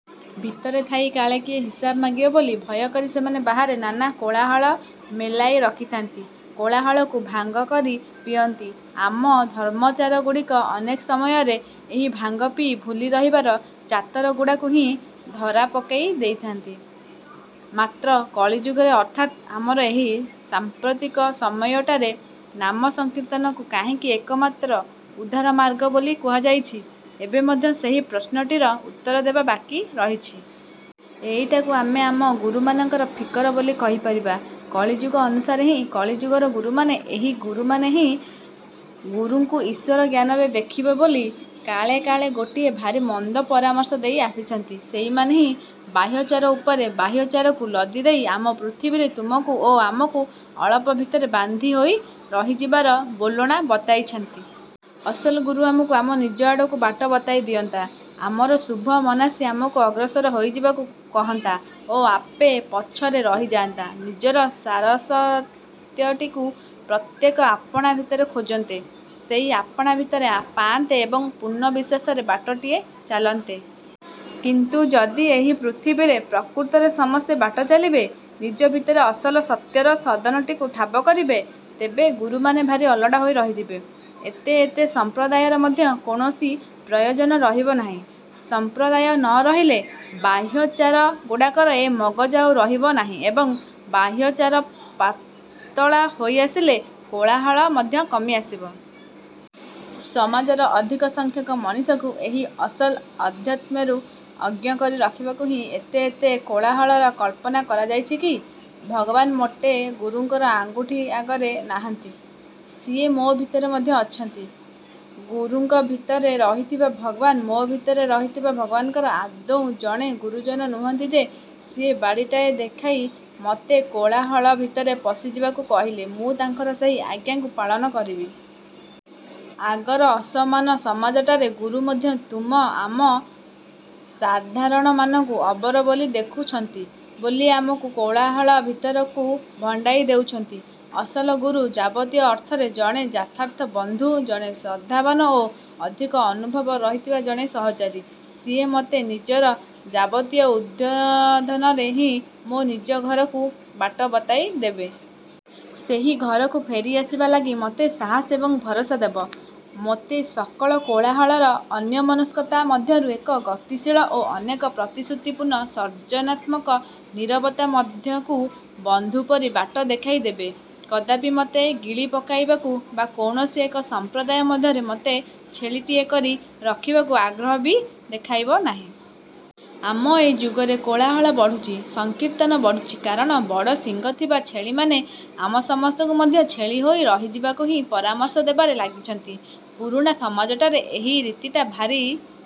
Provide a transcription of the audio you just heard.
ଭିତରେ ଥାଇ କାଳେ କିଏ ହିସାବ ମାଗିବ ବୋଲି ଭୟ କରି ସେମାନେ ବାହାରେ ନାନା କୋଳାହଳ ମେଲାଇ ରଖିଥାନ୍ତି। କୋଳାହଳକୁ ଭାଙ୍ଗ କରି ପିଅନ୍ତି। ଆମ ଧର୍ମାଚାରଗୁଡ଼ିକ ଅନେକ ସମୟରେ ଏହି ଭାଙ୍ଗ ପିଇ ଭୁଲି ରହିବାର ଚାତରଗୁଡ଼ାକୁ ହିଁ ଧରାପକାଇ ଦେଇଥାନ୍ତି। ମାତ୍ର, କଳିଯୁଗରେ ଅର୍ଥାତ୍ ଆମର ଏହି ସାଂପ୍ରତିକ ସମୟଟାରେ ନାମ ସଂକୀର୍ତ୍ତନକୁ କାହିଁକି ଏକମାତ୍ର ଉଦ୍ଧାରମାର୍ଗ ବୋଲି କୁହାଯାଇଛି, ଏବେ ମଧ୍ୟ ସେହି ପ୍ରଶ୍ନଟିର ଉତ୍ତର ଦେବା ବାକି ରହିଛି। ଏଇଟାକୁ ଆମେ ଆମ ଗୁରୁମାନଙ୍କର ଫିକର ବୋଲି କହିପାରିବା। କଳିଯୁଗ ଅନୁସାରେ ହିଁ କଳିଯୁଗର ଗୁରୁମାନେ। ଏହି ଗୁରୁମାନେ ହିଁ ଗୁରୁଙ୍କୁ ଈଶ୍ୱର ଜ୍ଞାନରେ ଦେଖିବ ବୋଲି କାଳେ କାଳେ ଗୋଟିଏ ଭାରି ମନ୍ଦ ପରାମର୍ଶ ଦେଇ ଆସିଛନ୍ତି। ସେଇମାନେ ହିଁ ବାହ୍ୟାଚାର ଉପରେ ବାହ୍ୟାଚାରକୁ ଲଦି ଦେଇ ଆମ ପୃଥିବୀରେ ତୁମକୁ ଓ ଆମକୁ ଅଳପ ଭିତରେ ବାନ୍ଧି ହୋଇ ରହିଯିବାର ବୋଲଣା ବତାଇଛନ୍ତି। ଅସଲ ଗୁରୁ ଆମକୁ ଆମ ନିଜ ଆଡ଼କୁ ବାଟ ବତାଇ ଦିଅନ୍ତା। ଆମର ଶୁଭ ମନାସି ଆମକୁ ଅଗ୍ରସର ହୋଇଯିବାକୁ କହନ୍ତା ଓ ଆପେ ପଛରେ ରହିଯାଆନ୍ତା। ନିଜର ସାରସତ୍ୟଟିକୁ ପ୍ରତ୍ୟେକେ ଆପଣା ଭିତରେ ଖୋଜନ୍ତେ, ସେଇ ଆପଣା ଭିତରେ ପାଆନ୍ତେ ଏବଂ ପୂର୍ଣ୍ଣ ବିଶ୍ୱାସରେ ବାଟଟିଏ ଚାଲନ୍ତେ। କିନ୍ତୁ, ଯଦି ଏହି ପୃଥିବୀରେ ପ୍ରକୃତରେ ସମସ୍ତେ ବାଟ ଚାଲିବେ, ନିଜ ଭିତରେ ଅସଲ ସତ୍ୟର ସଦନଟିକୁ ଠାବ କରିବେ, ତେବେ ଗୁରୁମାନେ ଭାରି ଅଲୋଡ଼ା ହୋଇ ରହିଯିବେ। ଏତେ ଏତେ ସମ୍ପ୍ରଦାୟର ମଧ୍ୟ କୌଣସି ପ୍ରୟୋଜନ ରହିବ ନାହିଁ। ସଂପ୍ରଦାୟ ନ ରହିଲେ ବାହ୍ୟାଚାର ଗୁଡ଼ାକର ଏ ମଗଜ ଆଉ ରହିବ ନାହିଁ ଏବଂ ବାହ୍ୟାଚାର ପାତଳା ହୋଇଆସିଲେ କୋଳାହଳ ମଧ୍ୟ କମି ଆସିବ। ସମାଜର ଅଧିକସଂଖ୍ୟକ ମଣିଷଙ୍କୁ ଏହି ଅସଲ ଅଧ୍ୟାତ୍ମ୍ୟରୁ ଅଜ୍ଞ କରି ରଖିବାକୁ ହିଁ ଏତେ ଏତେ କୋଳାହଳର କଳ୍ପନା କରାଯାଇଛି କି? ଭଗବାନ ମୋଟେ ଗୁରୁଙ୍କର ଆଙ୍ଗୁଠି ଅଗରେ ନାହାନ୍ତି। ସିଏ ମୋ' ଭିତରେ ମଧ୍ୟ ଅଛନ୍ତି। ଗୁରୁଙ୍କ ଭିତରେ ରହିଥିବା ଭଗବାନ ମୋ ଭିତରେ ରହିଥିବା ଭଗବାନଙ୍କର ଆଦୌ ଜଣେ ଗୁରୁଜନ ନୁହନ୍ତି ଯେ ସିଏ ବାଡ଼ିଟାଏ ଦେଖାଇ ମୋତେ କୋଳାହଳ ଭିତରେ ପଶିଯିବାକୁ କହିଲେ ମୁଁ ତାଙ୍କର ସେହି ଆଜ୍ଞାକୁ ପାଳନ କରିବି। ଆଗର ଅସମାନ ସମାଜଟାରେ ଗୁରୁ ମଧ୍ୟ ତୁମ ଆମ ସାଧାରଣମାନଙ୍କୁ ଅବର ବୋଲି ଦେଖୁଛନ୍ତି ବୋଲି ଆମକୁ କୋଳାହଳ ଭିତରକୁ ଭଣ୍ଡାଇ ଦେଉଛନ୍ତି। ଅସଲ ଗୁରୁ ଯାବତୀୟ ଅର୍ଥରେ ଜଣେ ଯଥାର୍ଥ ବନ୍ଧୁ, ଜଣେ ଶ୍ରଦ୍ଧାବାନ ଓ ଅଧିକ ଅନୁଭବ ରହିଥିବା ଜଣେ ସହଚାରୀ। ସିଏ ମୋତେ ନିଜର ଯାବତୀୟ ଉଦ୍ବୋଧନରେ ହିଁ ମୋ ନିଜ ଘରକୁ ବାଟ ବତାଇଦେବ। ସେହି ଘରକୁ ଫେରି ଆସିବା ଲାଗି ମୋତେ ସାହସ ଏବଂ ଭରସା ଦେବ। ମୋତେ ସକଳ କୋଳାହଳର ଅନ୍ୟମନସ୍କତା ମଧ୍ୟରୁ ଏକ ଗତିଶୀଳ ଓ ଅନେକ ପ୍ରତିଶ୍ରୁତିପୂର୍ଣ୍ଣ ସର୍ଜନାତ୍ମକ ନୀରବତା ମଧକୁ ବନ୍ଧୁ ପରି ବାଟ ଦେଖାଇଦେବ। କଦାପି ମୋତେ ଗିଳିପକାଇବାକୁ ବା କୌଣସି ଏକ ସଂପ୍ରଦାୟ ମଧ୍ୟରେ ମୋତେ ଛେଳିଟିଏ କରି ରଖିବାକୁ ଆଗ୍ରହ ବି ଦେଖାଇବ ନାହିଁ। ଆମ ଏ ଯୁଗରେ କୋଳାହଳ ବଢୁଛି, ସଂକୀର୍ତ୍ତନ ବଢୁଛି, କାରଣ ବଡ଼ ଶିଙ୍ଗ ଥିବା ଛେଳିମାନେ ଆମ ସମସ୍ତଙ୍କୁ ମଧ୍ୟ ଛେଳି ହୋଇ ରହିଯିବାକୁ ହିଁ ପରାମର୍ଶ ଦେବାରେ ଲାଗିଛନ୍ତି। ପୁରୁଣା ସମାଜଟାରେ ଏହି ରୀତିଟା ଭାରି